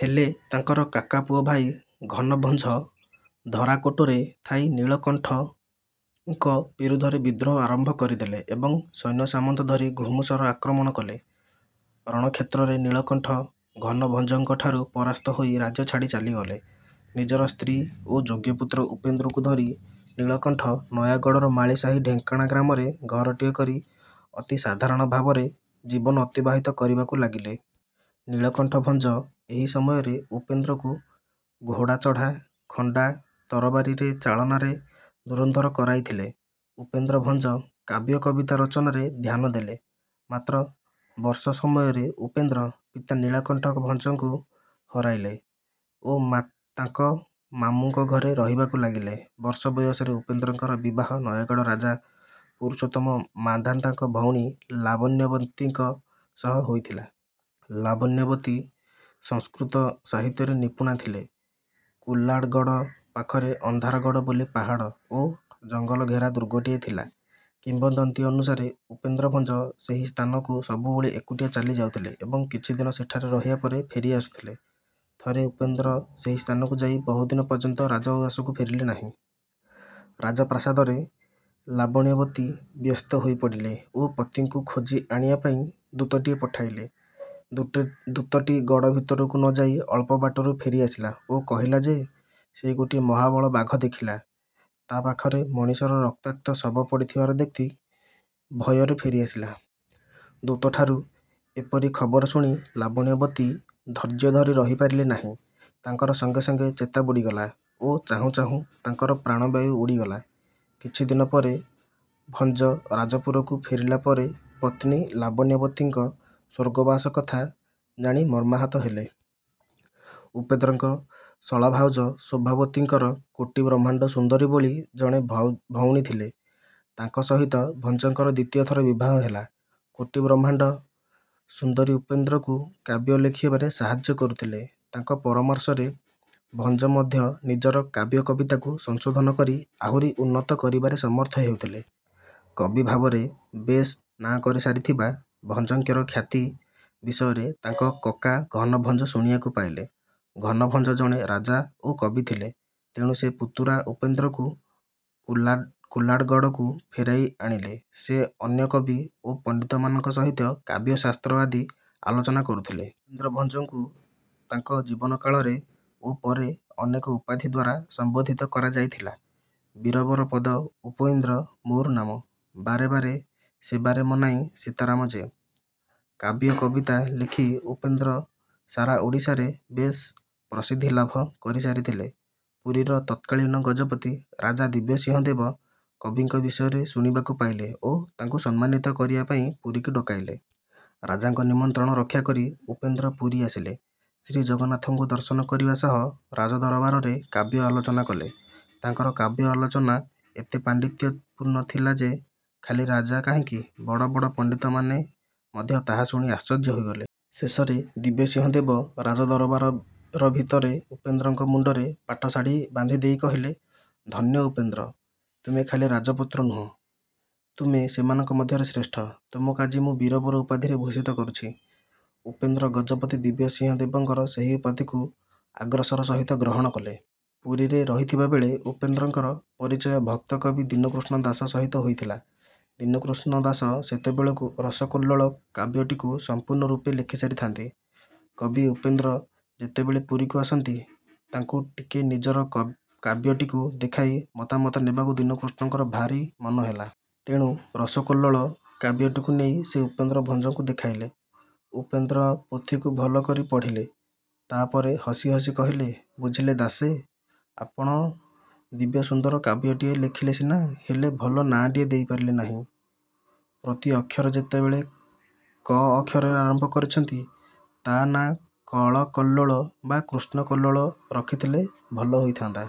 ହେଲେ ତାଙ୍କର କାକାପୁଅ ଭାଇ ଘନଭଞ୍ଜ ଧରାକୋଟରେ ଥାଇ ନୀଳକଣ୍ଠଙ୍କ ବିରୁଦ୍ଧରେ ବିଦ୍ରୋହ ଆରମ୍ଭ କରିଦେଲେ ଏବଂ ସୈନ୍ୟସାମନ୍ତ ଧରି ଘୁମୁସର ଆକ୍ରମଣ କଲେ। ରଣକ୍ଷେତ୍ରରେ ନୀଳକଣ୍ଠ ଘନଭଞ୍ଜଙ୍କଠାରୁ ପରାସ୍ତ ହୋଇ ରାଜ୍ୟ ଛାଡ଼ି ଚାଲିଗଲେ। ନିଜର ସ୍ତ୍ରୀ ଓ ଯୋଗ୍ୟପୁତ୍ର ଉପେନ୍ଦ୍ରଙ୍କୁ ଧରି ନୀଳକଣ୍ଠ ନୟାଗଡ଼ର ମାଳିସାହି ଢେଙ୍କଣା ଗ୍ରାମରେ ଘରଟିଏ କରି ଅତି ସାଧାରଣ ଭାବରେ ଜୀବନ ଅତିବାହିତ କରିବାକୁ ଲାଗିଲେ। ନୀଳକଣ୍ଠ ଭଞ୍ଜ ଏହି ସମୟରେ ଉପେନ୍ଦ୍ରଙ୍କୁ ଘୋଡାଚଢା, ଖଣ୍ଡା, ତରବାରୀ ଚାଳନାରେ ଧୁରନ୍ଧର କରାଇଥିଲେ। ଉପେନ୍ଦ୍ର ଭଞ୍ଜ କାବ୍ୟ କବିତା ରଚନାରେ ଧ୍ୟାନ ଦେଲେ। ମାତ୍ର ବର୍ଷ ବୟସରେ ଉପେନ୍ଦ୍ର ପିତା ନୀଳକଣ୍ଠ ଭଞ୍ଜଙ୍କୁ ହରାଇଲେ ଓ ତାଙ୍କ ମାମୁଙ୍କ ଘରେ ରହିବାକୁ ଲାଗିଲେ। ବର୍ଷ ବୟସରେ ଉପେନ୍ଦ୍ରଙ୍କର ବିବାହ ନୟାଗଡ଼ ରାଜା ପୁରୁଷୋତ୍ତମ ମାନ୍ଧାତାଙ୍କ ଭଉଣୀ ଲାବଣ୍ୟବତୀଙ୍କ ସହ ହୋଇଥିଲା। ଲାବଣ୍ୟବତୀ ସଂସ୍କୃତ ସାହିତ୍ୟରେ ନିପୁଣା ଥିଲେ। କୁଲାଡ଼ଗଡ ପାଖରେ ଅନ୍ଧାରଗଡ଼ ବୋଲି ପାହାଡ଼ ଓ ଜଙ୍ଗଲଘେରା ଦୁର୍ଗଟିଏ ରହିଥିଲା। କିମ୍ବଦନ୍ତୀ ଅନୁସାରେ ଉପେନ୍ଦ୍ର ଭଞ୍ଜ ସେହି ସ୍ଥାନକୁ ସବୁବେଳେ ଏକୁଟିଆ ଚାଲିଯାଉଥିଲେ ଏବଂ କିଛିଦିନ ସେଠାରେ ରହିବା ପରେ ଫେରି ଆସୁଥିଲେ। ଥରେ ଉପେନ୍ଦ୍ର ସେହି ସ୍ଥାନକୁ ଯାଇ ବହୁଦିନ ପର୍ଯ୍ୟନ୍ତ ରାଜଉଆସକୁ ଫେରିଲେ ନାହିଁ। ରାଜପ୍ରାସାଦରେ ଲାବଣ୍ୟବତୀ ବ୍ୟସ୍ତ ହୋଇପଡିଲେ ଓ ପତିଙ୍କୁ ଖୋଜି ଆଣିବା ପାଇଁ ଦୂତଟିଏ ପଠାଇଲେ। ଦୂତଟି ଗଡ଼ ଭିତରକୁ ନଯାଇ ଅଳ୍ପବାଟରୁ ଫେରି ଆସିଲା ଓ କହିଲା ଯେ ସେ ଗୋଟିଏ ମହାବଳ ବାଘ ଦେଖିଲା। ତା ପାଖରେ ମଣିଷର ରକ୍ତାକ୍ତ ଶବ ପଡିଥିବାର ଦେଖି ଭୟରେ ଫେରି ଆସିଲା। ଦୂତଠାରୁ ଏପରି ଖବର ଶୁଣି ଲାବଣ୍ୟବତୀ ଧୈର୍ଯ୍ୟ ଧରି ରହି ପାରିଲେ ନାହିଁ। ତାଙ୍କର ସଙ୍ଗେସଙ୍ଗେ ଚେତା ବୁଡିଗଲା ଓ ଚାହୁଁ ଚାହୁଁ ତାଙ୍କର ପ୍ରାଣବାୟୁ ଉଡିଗଲା। କିଛିଦିନ ପରେ ଭଞ୍ଜ ରାଜପୁରକୁ ଫେରିଲା ପରେ ପତ୍ନୀ ଲାବଣ୍ୟବତୀଙ୍କ ସ୍ୱର୍ଗବାସ କଥା ଜାଣି ମର୍ମାହତ ହେଲେ। ଉପେନ୍ଦ୍ରଙ୍କ ଶଳାଭାଉଜ ଶୋଭାବତୀଙ୍କର କୋଟି ବ୍ରହ୍ମାଣ୍ଡ ସୁନ୍ଦରୀ ବୋଲି ଜଣେ ଭଉଣୀ ଥିଲେ। ତାଙ୍କ ସହିତ ଭଞ୍ଜଙ୍କର ଦ୍ୱିତୀୟଥର ବିବାହ ହେଲା। କୋଟି ବ୍ରହ୍ମାଣ୍ଡ ସୁନ୍ଦରୀ ଉପେନ୍ଦ୍ରଙ୍କୁ କାବ୍ୟ ଲେଖିବାରେ ସାହାଯ୍ୟ କରୁଥିଲେ। ତାଙ୍କ ପରାମର୍ଶରେ ଭଞ୍ଜ ମଧ୍ୟ ନିଜର କାବ୍ୟକବିତାକୁ ସଂଶୋଧନ କରି ଆହୁରି ଉନ୍ନତ କରିବାରେ ସମର୍ଥ ହେଉଥିଲେ। କବି ଭାବରେ ବେଶ୍ ନାଁ କରିସାରିଥିବା ଭଞ୍ଜଙ୍କର ଖ୍ୟାତି ବିଷୟରେ ତାଙ୍କ କକା ଘନଭଞ୍ଜ ଶୁଣିବାକୁ ପାଇଲେ। ଘନଭଞ୍ଜ ଜଣେ ରାଜା ଓ କବି ଥିଲେ। ତେଣୁ ସେ ପୁତୁରା ଉପେନ୍ଦ୍ରଙ୍କୁ କୁଲାଡ଼ଗଡକୁ ଫେରାଇ ଆଣିଲେ। ସେ ଅନ୍ୟ କବି ଓ ପଣ୍ଡିତମାନଙ୍କ ସହିତ କାବ୍ୟଶାସ୍ତ୍ର ଆଦି ଆଲୋଚନା କରୁଥିଲେ। ଉପେନ୍ଦ୍ର ଭଞ୍ଜଙ୍କୁ ତାଙ୍କ ଜୀବନ କାଳରେ ଓ ପରେ ଅନେକ ଉପାଧିଦ୍ୱାରା ସମ୍ବୋଧିତ କରାଯାଇଥିଲା। ବୀରବର ପଦ ଉପଇନ୍ଦ୍ର ମୋର ନାମ। ବାରେ ବାରେ ସେବାରେ ମନାଇଁ ସୀତାରାମ ଯେ।। କାବ୍ୟକବିତା ଲେଖି ଉପେନ୍ଦ୍ର ସାରା ଓଡ଼ିଶାରେ ବେଶ୍ ପ୍ରସିଦ୍ଧି ଲାଭ କରିସାରିଥିଲେ। ପୁରୀର ତତ୍କାଳୀନ ଗଜପତି ରାଜା ଦିବ୍ୟସିଂହ ଦେବ କବିଙ୍କ ବିଷୟରେ ଶୁଣିବାକୁ ପାଇଲେ ଓ ତାଙ୍କୁ ସମ୍ମାନିତ କରିବା ପାଇଁ ପୁରୀକୁ ଡକାଇଲେ। ରାଜାଙ୍କ ନିମନ୍ତ୍ରଣ ରକ୍ଷା କରି ଉପେନ୍ଦ୍ର ପୁରୀ ଆସିଲେ। ଶ୍ରୀଜଗନ୍ନାଥଙ୍କୁ ଦର୍ଶନ କରିବା ସହ ରାଜଦରବାରରେ କାବ୍ୟ ଆଲୋଚନା କଲେ। ତାଙ୍କର କାବ୍ୟ ଆଲୋଚନା ଏତେ ପାଣ୍ଡିତ୍ୟ ପୂର୍ଣ୍ଣ ଥିଲା ଯେ ଖାଲି ରାଜା କାହିଁକି ବଡ଼ ବଡ଼ ପଣ୍ଡିତମାନେ ମଧ୍ୟ ତାହା ଶୁଣି ଆଶ୍ଚର୍ଯ୍ୟ ହୋଇଗଲେ। ଶେଷରେ ଦିବ୍ୟସିଂହ ଦେବ ରାଜଦରବାର ଭିତରେ ଉପେନ୍ଦ୍ରଙ୍କ ମୁଣ୍ଡରେ ପାଟଶାଢୀ ବାନ୍ଧିଦେଇ କହିଲେ, ଧନ୍ୟ ଉପେନ୍ଦ୍ର। ତୁମେ ଖାଲି ରାଜପୁତ୍ର ନୁହଁ, ତୁମେ ସେମାନଙ୍କ ମଧ୍ୟରେ ଶ୍ରେଷ୍ଠ। ତୁମକୁ ଆଜି ମୁଁ ବୀରବର ଉପାଧିରେ ଭୂଷିତ କରୁଛି"। ଉପେନ୍ଦ୍ର ଗଜପତି ଦିବ୍ୟସିଂହ ଦେବଙ୍କର ସେହି ଉପାଧିକୁ ଆଗ୍ରହର ସହିତ ଗ୍ରହଣ କଲେ। ପୁରୀରେ ରହିଥିବାବେଳେ ଉପେନ୍ଦ୍ରଙ୍କର ପରିଚୟ ଭକ୍ତକବି ଦୀନକୃଷ୍ଣ ଦାସ ସହିତ ହୋଇଥିଲା। ଦୀନକୃଷ୍ଣ ଦାସ ସେତେବେଳକୁ "ରସକଲ୍ଲୋଳ" କାବ୍ୟଟିକୁ ସମ୍ପୂର୍ଣ୍ଣ ରୂପେ ଲେଖିସାରିଥାନ୍ତି। କବି ଉପେନ୍ଦ୍ର ଯେତେବେଳେ ପୁରୀକୁ ଆସିଛନ୍ତି, ତାଙ୍କୁ ଟିକେ ନିଜର କାବ୍ୟଟିକୁ ଦେଖାଇ ମତାମତ ନେବାକୁ ଦୀନକୃଷ୍ଣଙ୍କର ଭାରି ମନ ହେଲା। ତେଣୁ "ରସକଲ୍ଲୋଳ" କାବ୍ୟଟିକୁ ନେଇ ସେ ଉପେନ୍ଦ୍ର ଭଞ୍ଜଙ୍କୁ ଦେଖାଇଲେ। ଉପେନ୍ଦ୍ର ପୋଥିକୁ ଭଲ କରି ପଢ଼ିଲେ, ତାପରେ ହସି ହସି କହିଲେ "ବୁଝିଲେ ଦାସେ ଆପଣେ, ଦିବ୍ୟସୁନ୍ଦର କାବ୍ୟଟିଏ ଲେଖିଲେ ସିନା ହେଲେ ଭଲ ନାଁଟିଏ ଦେଇପାରିଲେ ନାହିଁ। ପ୍ରତି ଅକ୍ଷର ଯେତେବେଳେ "କ" ଅକ୍ଷରରେ ଆରମ୍ଭ କରିଛନ୍ତି, ତା ନା "କଳକଲ୍ଲୋଳ" ବା "କୃଷ୍ଣକଲ୍ଲୋଳ" ରଖିଥିଲେ ଭଲ ହୋଇଥାନ୍ତା"।